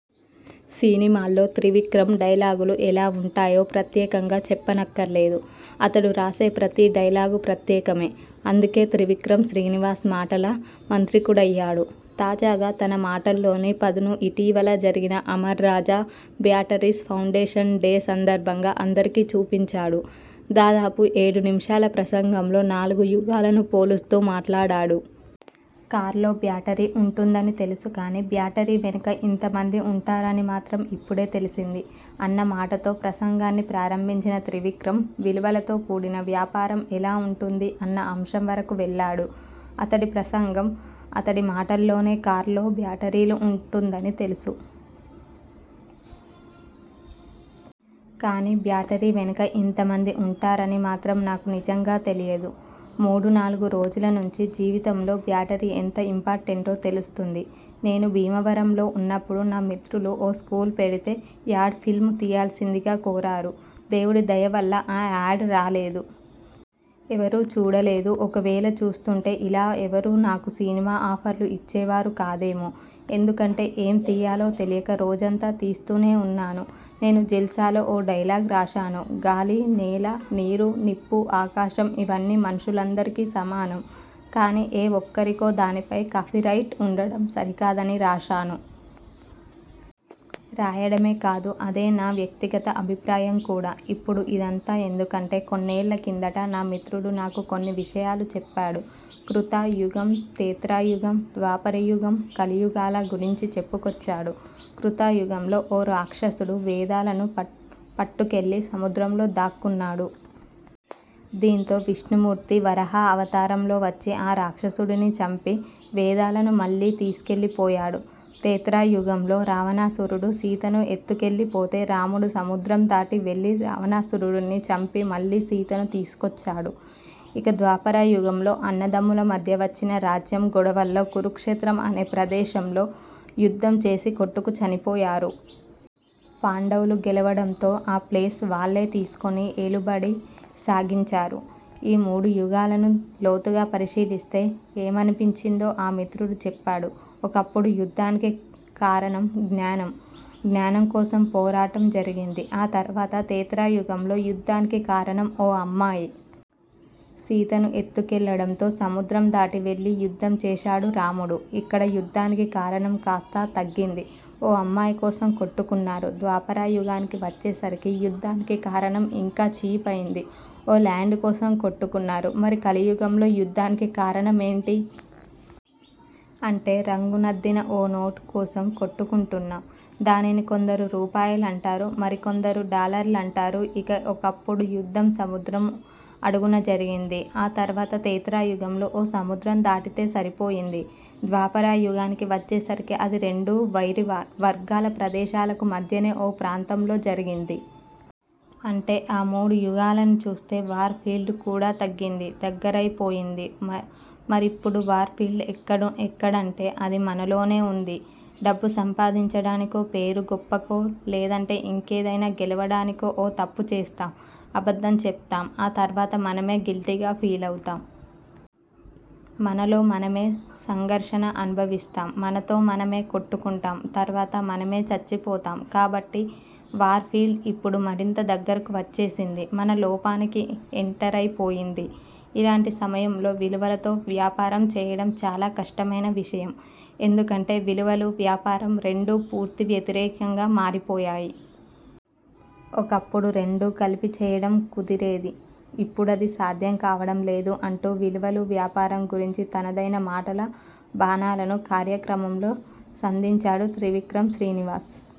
సినిమాల్లో త్రివిక్రమ్ డైలాగులు ఎలా ఉంటాయో ప్రత్యేకంగా చెప్పక్కర్లేదు. అతడు రాసే ప్రతి డైలాగూ ప్రత్యేకమే. అందుకే త్రివిక్రమ్ శ్రీనివాస్ మాటల మాంత్రికుడయ్యాడు. తాజాగా తన మాటల్లోని పదును ఇటీవల జరిగిన అమర్రాజా బ్యాటరీస్ ఫౌండేషన్ డే సందర్భంగా అందరికీ చూపించాడు. దాదాపు ఏడు నిముషాల ప్రసంగంలో నాలుగు యుగాలను పోలుస్తూ మాట్లాడాడు. 'కార్లో బ్యాటరీ ఉంటుందని తెలుసు కానీ, బ్యాటరీ వెనక ఇంత మంది ఉంటారని మాత్రం ఇప్పుడే తెలిసింది' అన్న మాటతో ప్రసంగాన్ని ప్రారంభించిన త్రివిక్రమ్.. విలువలతో కూడిన వ్యాపారం ఎలా ఉంటుంది? అన్న అంశం వరకు వెళ్లాడు. అతడి ప్రసంగం అతడి మాటల్లోనే. కార్లో బ్యాటరీ ఉంటుందని తెలుసు. కానీ, బ్యాటరీ వెనక ఇంతమంది ఉంటారని మాత్రం నాకు నిజంగా తెలియదు. మూడు, నాలుగు రోజుల నుంచి జీవితంలో బ్యాటరీ ఎంత ఇంపార్టెంటో తెలుస్తోంది. నేను భీమవరంలో ఉన్నప్పుడు నా మిత్రులు ఓ స్కూల్ పెడితే, యాడ్ ఫిల్మ్ తీయాల్సిందిగా కోరారు. దేవుడి దయ వల్ల ఆ యాడ్ రాలేదు. ఎవరూ చూడలేదు, ఒకవేళ చూసుంటే ఇలా ఎవరూ నాకు సినిమా ఆఫర్లు ఇచ్చే వారు కాదేమో. ఎందుకంటే, ఏం తీయాలో తెలియక రోజంతా తీస్తూనే ఉన్నాను. నేను జల్సాలో ఓ డైలాగ్ రాశాను. గాలి, నేల, నీరు, నిప్పు, ఆకాశం, ఇవన్నీ మనుషులందరికీ సమానం. కానీ, ఏ ఒక్కరికో దానిపై కాపీరైట్ ఉండడం సరికాదని రాశాను. రాయడమే కాదు, అదే నా వ్యక్తిగత అభిప్రాయం కూడా. ఇప్పుడు ఇదంతా ఎందుకంటే, కొన్నేళ కిందట నా మిత్రుడు నాకు కొన్ని విషయాలు చెప్పాడు. కృత యుగం, త్రేతా యుగం, ద్వాపర యుగం, కలియుగాల గురించి చెప్పుకొచ్చాడు. కృత యుగంలో ఓ రాక్షసుడు వేదాలను పట్టుకెళ్లి సముద్రంలో దాక్కున్నాడు. దీంతో విష్ణుమూర్తి వరాహ అవతారంలో వచ్చి, ఆ రాక్షసుడిని చంపి వేదాలను మళ్లీ తీసుకెళ్లి పోయాడు. త్రేతా యుగంలో రావణాసురుడు సీతను ఎత్తుకెళ్లి పోతే, రాముడు సముద్రం దాటి వెళ్లి రావణాసురుడిని చంపి మళ్లీ సీతను తీసుకొచ్చాడు. ఇక, ద్వాపర యుగంలో అన్నదమ్ముల మధ్య వచ్చిన రాజ్యం గొడవల్లో కురుక్షేత్రం అనే ప్రదేశంలో యుద్ధం చేసి కొట్టుకు చనిపోయారు. పాండవులు గెలవడంతో ఆ ప్లేస్ను వాళ్లే తీసుకుని ఏలుబడి సాగించారు. ఈ మూడు యుగాలను లోతుగా పరిశీలిస్తే ఏమనిపించిందో ఆ మిత్రుడు చెప్పాడు. ఒకప్పుడు యుద్ధానికి కారణం జ్ఞానం. జ్ఞానం కోసం పోరాటం జరిగింది. ఆ తర్వాత త్రేతా యుగంలో యుద్ధానికి కారణం ఓ అమ్మాయి. సీతను ఎత్తు కెళ్లడంతో సముద్రం దాటి వెళ్లి యుద్ధం చేశాడు రాముడు. ఇక్కడ యుద్ధానికి కారణం కాస్త తగ్గింది. ఓ అమ్మాయి కోసం కొట్టుకున్నారు. ద్వాపర యుగానికి వచ్చేసరికి యుద్ధానికి కారణం ఇంకా చీప్ అయింది. ఓ ల్యాండ్ కోసం కొట్టుకున్నారు. మరి కలి యుగంలో యుద్ధానికి కారణమేంటి? అంటే రంగునద్దిన ఓ నోటు కోసం కొట్టుకుంటున్నాం. దానిని కొందరు రూపాయలు అంటారు. మరికొందరు డాలర్లు అంటారు. ఇక, ఒకప్పుడు యుద్ధం సముద్రం అడుగున జరిగింది. ఆ తర్వాత త్రేతా యుగంలో ఓ సముద్రం దాటితే సరిపోయింది. ద్వాపర యుగానికి వచ్చేసరికి, అది రెండు వైరి వర్గాల ప్రదేశాలకు మధ్యనే ఓ ప్రాంతంలో జరిగింది. అంటే, ఆ మూడు యుగాలను చూస్తే వార్ ఫీల్డ్ కూడా తగ్గింది. దగ్గరైపోయంది. మరిప్పుడు వార్ ఫీల్డ్ ఎక్కడంటే, అది మనలోనే ఉంది. డబ్బు సంపాదించడానికో, పేరు గొప్పకో, లేదంటే ఇంకేదైనా గెలవడానికో ఓ తప్పు చేస్తాం. అబద్ధం చెప్తాం. ఆ తర్వాత మనమే గిల్టీగా ఫీలవుతాం. మనలో మనమే సంఘర్షణ అనుభవిస్తాం. మనతో మనమే కొట్టుకుంటాం. తర్వాత మనమే చచ్చిపోతాం. కాబట్టి వార్ ఫీల్డ్ ఇప్పుడు మరింత దగ్గరకు వచ్చేసింది. మన లోపలికి ఎంటరై పోయింది. ఇలాంటి సమయంలో విలువలతో వ్యాపారం చేయడం చాలా కష్టమైన విషయం. ఎందుకంటే విలవలు, వ్యాపారం రెండూ పూర్తి వ్యతిరేకంగా మారిపోయాయి. ఒకప్పుడు రెండూ కలిపి చేయడం కుదిరేది. ఇప్పుడది సాధ్యం కావడం లేదు అంటూ విలువలు, వ్యాపారం గురించి తనదైన మాటల బాణాలను కార్యక్రమంలో సంధించాడు త్రివిక్రమ్ శ్రీనివాస్.